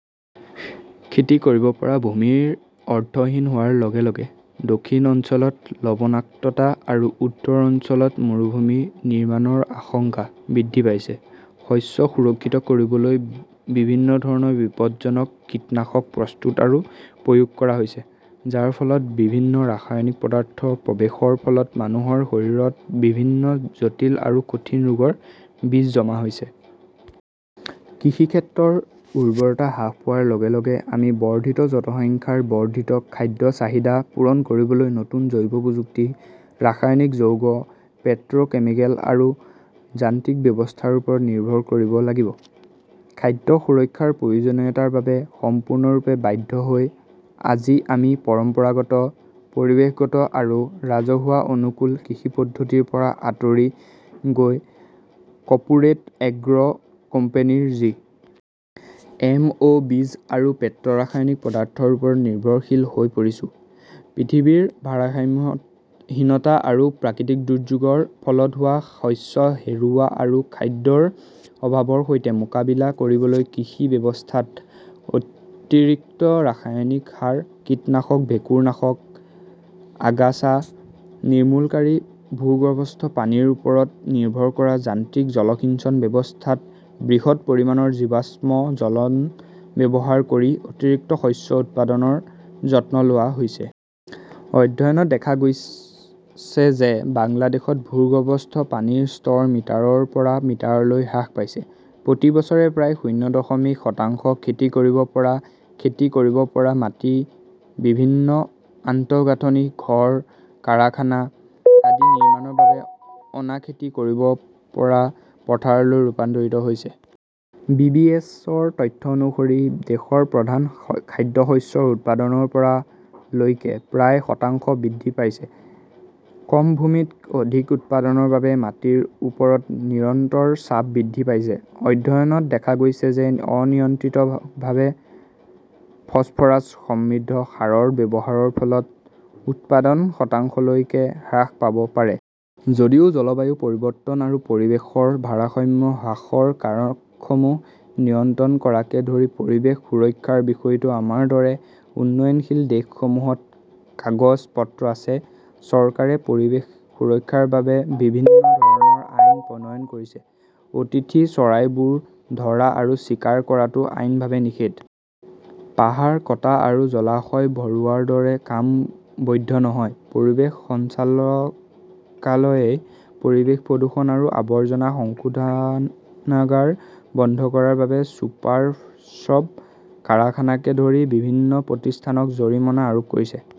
খেতি কৰিব পৰা ভূমিৰ অৰ্থহীন হোৱাৰ লগে লগে দক্ষিণ অঞ্চলত লবণাক্ততা আৰু উত্তৰ অঞ্চলত মৰুভূমি নিৰ্মাণৰ আশংকা বৃদ্ধি পাইছে। শস্য সুৰক্ষিত কৰিবলৈ বিভিন্ন ধৰণৰ বিপদজনক কীটনাশক প্ৰস্তুত আৰু প্ৰয়োগ কৰা হৈছে, যাৰ ফলত বিভিন্ন ৰাসায়নিক পদাৰ্থৰ প্ৰৱেশৰ ফলত মানুহৰ শৰীৰত বিভিন্ন জটিল আৰু কঠিন ৰোগৰ বীজ জমা হৈছে। কৃষিক্ষেত্ৰৰ উৰ্বৰতা হ্ৰাস পোৱাৰ লগে লগে আমি বৰ্ধিত জনসংখ্যাৰ বৰ্ধিত খাদ্যৰ চাহিদা পূৰণ কৰিবলৈ নতুন জৈৱ প্ৰযুক্তি, ৰাসায়নিক যৌগ, পেট্ৰʼকেমিকেল আৰু যান্ত্ৰিক ব্যৱস্থাৰ ওপৰত নিৰ্ভৰ কৰিব লাগিব। খাদ্য সুৰক্ষাৰ প্ৰয়োজনীয়তাৰ বাবে সম্পূৰ্ণৰূপে বাধ্য হৈ, আজি আমি পৰম্পৰাগত, পৰিৱেশগত আৰু ৰাজহুৱা-অনুকূল কৃষি পদ্ধতিৰ পৰা আঁতৰি গৈ কৰ্পোৰেট এগ্ৰ 'কোম্পানীৰ জি. এম. অ'. বীজ আৰু পেট্ৰʼৰাসায়নিক পদাৰ্থৰ ওপৰত নিৰ্ভৰশীল হৈ পৰিছো। পৰিৱেশৰ ভাৰসাম্যহীনতা আৰু প্ৰাকৃতিক দুৰ্যোগৰ ফলত হোৱা শস্য হেৰুওৱা আৰু খাদ্যৰ অভাৱৰ সৈতে মোকাবিলা কৰিবলৈ কৃষি ব্যৱস্থাত অতিৰিক্ত ৰাসায়নিক সাৰ, কীটনাশক, ভেঁকুৰনাশক, আগাছা নিৰ্মূলকাৰী, ভূগৰ্ভস্থ পানীৰ ওপৰত নিৰ্ভৰ কৰা যান্ত্ৰিক জলসিঞ্চন ব্যৱস্থাত বৃহৎ পৰিমাণৰ জীৱাশ্ম জ্বলন ব্যৱহাৰ কৰি অতিৰিক্ত শস্য উৎপাদনৰ যত্ন লোৱা হৈছে। অধ্যয়নত দেখা গৈছে যে বাংলাদেশত ভূগৰ্ভস্থ পানীৰ স্তৰ মিটাৰৰ পৰা মিটাৰলৈ হ্ৰাস পাইছে। প্ৰতি বছৰে প্ৰায় শূন্য দশমিক শতাংশ খেতি কৰিব পৰা খেতি কৰিব পৰা মাটি বিভিন্ন আন্তঃগাঁথনি, ঘৰ, কাৰখানা আদি নিৰ্মাণৰ বাবে অনা-খেতি কৰিব পৰা পথাৰলৈ ৰূপান্তৰিত হৈছে। বিবিএছৰ তথ্য অনুসৰি, দেশৰ প্ৰধান খাদ্যশস্যৰ উৎপাদন ৰ পৰা লৈকে প্ৰায় শতাংশ বৃদ্ধি পাইছে। কম ভূমিত অধিক উৎপাদনৰ বাবে মাটিৰ ওপৰত নিৰন্তৰ চাপ বৃদ্ধি পাইছে। অধ্যয়নত দেখা গৈছে যে অনিয়ন্ত্ৰিতভাৱে ফছফৰাছ সমৃদ্ধ সাৰৰ ব্যৱহাৰৰ ফলত উৎপাদন শতাংশলৈকে হ্ৰাস পাব পাৰে। যদিও জলবায়ু পৰিৱৰ্তন আৰু পৰিৱেশৰ ভাৰসাম্য হ্ৰাসৰ কাৰকসমূহ নিয়ন্ত্ৰণ কৰাকে ধৰি পৰিৱেশ সুৰক্ষাৰ বিষয়টো আমাৰ দৰে উন্নয়নশীল দেশসমূহত কাগজ-পত্ৰত আছে। চৰকাৰে পৰিৱেশ সুৰক্ষাৰ বাবে বিভিন্ন ধৰণৰ আইন প্ৰণয়ন কৰিছে। অতিথি চৰাইবোৰ ধৰা আৰু চিকাৰ কৰাটো আইনীভাৱে নিষিদ্ধ। পাহাৰ কটা আৰু জলাশয় ভৰোৱাৰ দৰে কাম বৈধ নহয়। পৰিৱেশ সঞ্চালকালয়ই পৰিৱেশ প্ৰদূষণ আৰু আৱৰ্জনা শোধনাগাৰ বন্ধ কৰাৰ বাবে চুপাৰশ্বপ, কাৰখানাকে ধৰি বিভিন্ন প্ৰতিষ্ঠানক জৰিমনা আৰোপ কৰিছে।